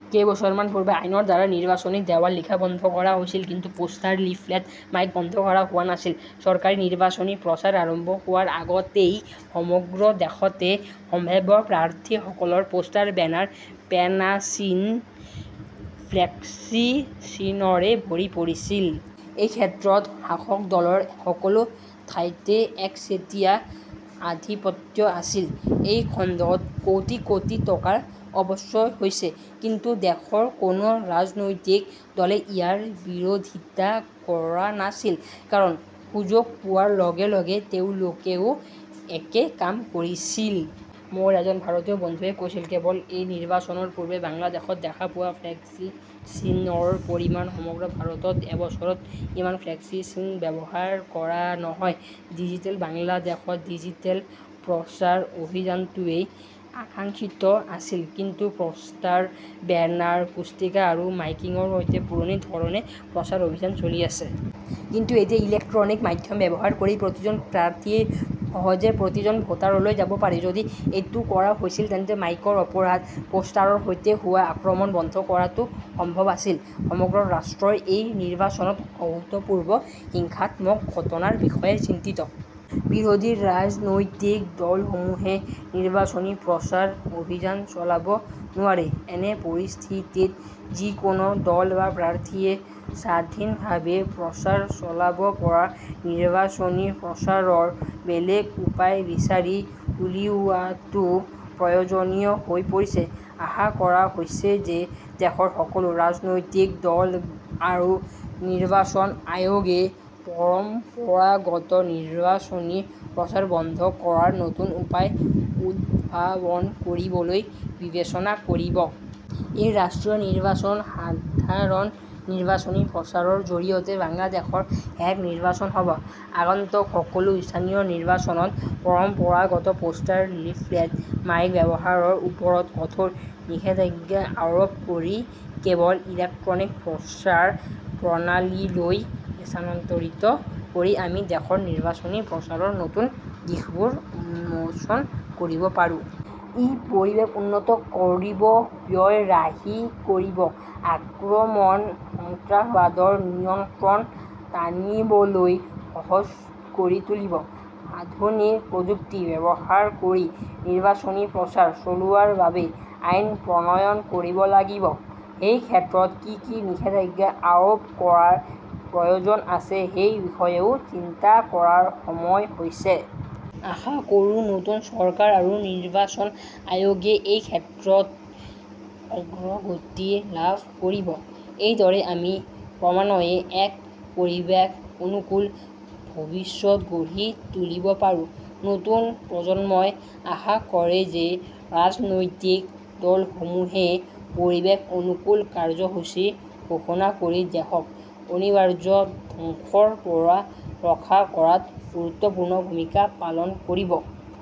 কেইবছৰমান পূৰ্বে আইনৰ দ্বাৰা নিৰ্বাচনী দেৱাল লিখা বন্ধ কৰা হৈছিল। কিন্তু পোষ্টাৰ, লিফলেট, মাইক বন্ধ কৰা হোৱা নাছিল। চৰকাৰী নিৰ্বাচনী প্ৰচাৰ আৰম্ভ হোৱাৰ আগতেই সমগ্ৰ দেশতে সম্ভাৱ্য প্ৰাৰ্থীসকলৰ পোষ্টাৰ, বেনাৰ, পেনাচিন, ফ্লেক্সিচিনৰে ভৰি আছিল। এই ক্ষেত্ৰত শাসক দলৰ সকলো ঠাইতে একচেটিয়া আধিপত্য আছিল। এই খণ্ডত কোটি কোটি টকাৰ অপচয় হৈছে। কিন্তু দেশৰ কোনো ৰাজনৈতিক দলে ইয়াৰ বিৰোধিতা কৰা নাছিল। কাৰণ সুযোগ পোৱাৰ লগে লগে তেওঁলোকেও একে কাম কৰিছিল। মোৰ এজন ভাৰতীয় বন্ধুৱে কৈছিল, কেৱল এই নিৰ্বাচনৰ পূৰ্বে বাংলাদেশত দেখা পোৱা ফ্লেক্সিচিনৰ পৰিমাণ, সমগ্ৰ ভাৰতত এবছৰত ইমান ফ্লেক্সিচিন ব্যৱহাৰ কৰা নহয়! ডিজিটেল বাংলাদেশত ডিজিটেল প্ৰচাৰ অভিযানটোৱেই আকাংক্ষিত আছিল। কিন্তু প'ষ্টাৰ, বেনাৰ, পুস্তিকা আৰু মাইকিংৰ সৈতে পুৰণি ধৰণে প্ৰচাৰ অভিযান চলি আছে। কিন্তু এতিয়া ইলেক্ট্ৰনিক মাধ্যম ব্যৱহাৰ কৰি প্ৰতিজন প্ৰাৰ্থীয়ে সহজে প্ৰতিজন ভোটাৰলৈ যাব পাৰে। যদি এইটো কৰা হৈছিল তেন্তে মাইকৰ অপৰাধ, পোষ্টাৰৰ সৈতে হোৱা আক্ৰমণ বন্ধ কৰাটো সম্ভৱ আছিল। সমগ্ৰ ৰাষ্ট্ৰই এই নিৰ্বাচনত অভূতপূৰ্ব হিংসাত্মক ঘটনাৰ বিষয়ে চিন্তিত। বিৰোধী ৰাজনৈতিক দলসমূহে নিৰ্বাচনী প্ৰচাৰ অভিযান চলাব নোৱাৰে। এনে পৰিস্থিতিত যিকোনো দল বা প্ৰাৰ্থীয়ে স্বাধীনভাৱে প্ৰচাৰ চলাব পৰা নিৰ্বাচনী প্ৰচাৰৰ বেলেগ উপায় বিচাৰি উলিওৱাটো প্ৰয়োজনীয় হৈ পৰিছে। আশা কৰা হৈছে যে দেশৰ সকলো ৰাজনৈতিক দল আৰু নিৰ্বাচন আয়োগে পৰম্পৰাগত নিৰ্বাচনী প্ৰচাৰ বন্ধ কৰাৰ নতুন উপায় উদ্ভাৱন কৰিবলৈ বিবেচনা কৰিব। এই ৰাষ্ট্ৰীয় নিৰ্বাচন সাধাৰণ নিৰ্বাচনী প্ৰচাৰৰ জৰিয়তে বাংলাদেশৰ শেষ নিৰ্বাচন হ 'ব। আগন্তুক সকলো স্থানীয় নিৰ্বাচনত পৰম্পৰাগত পোষ্টাৰ, লিফলেট, মাইক ব্যৱহাৰৰ ওপৰত কঠোৰ নিষেধাজ্ঞা আৰোপ কৰি কেৱল ইলেক্ট্ৰনিক প্ৰচাৰ প্ৰণালীলৈ স্থানান্তৰিত কৰি আমি দেশৰ নিৰ্বাচনী প্ৰচাৰৰ নতুন দিশবোৰ উন্মোচন কৰিব পাৰোঁ। ই পৰিৱেশ উন্নত কৰিব, ব্যয় ৰাহি কৰিব, আক্ৰমণ, সন্ত্ৰাসবাদৰ নিয়ন্ত্ৰণ টানিবলৈ সহজ কৰি তুলিব। আধুনিক প্ৰযুক্তি ব্যৱহাৰ কৰি নিৰ্বাচনী প্ৰচাৰ চলোৱাৰ বাবে আইন প্ৰণয়ন কৰিব লাগিব। সেই ক্ষেত্ৰত কি কি নিষেধাজ্ঞা আৰোপ কৰাৰ প্ৰয়োজন আছে সেই বিষয়েও চিন্তা কৰাৰ সময় হৈছে। আশা কৰোঁ নতুন চৰকাৰ আৰু নিৰ্বাচন আয়োগে এই ক্ষেত্ৰত অগ্ৰগতি লাভ কৰিব। এইদৰে আমি ক্ৰমান্বয়ে এক পৰিৱেশ অনুকূল ভৱিষ্যত গঢ়ি তুলিব পাৰোঁ। নতুন প্ৰজন্মই আশা কৰে যে ৰাজনৈতিক দলসমূহে পৰিৱেশ অনুকূল কাৰ্যসূচী ঘোষণা কৰি দেশক অনিবাৰ্য ধ্বংসৰ পৰা ৰক্ষা কৰাত গুৰুত্বপূৰ্ণ ভূমিকা পালন কৰিব।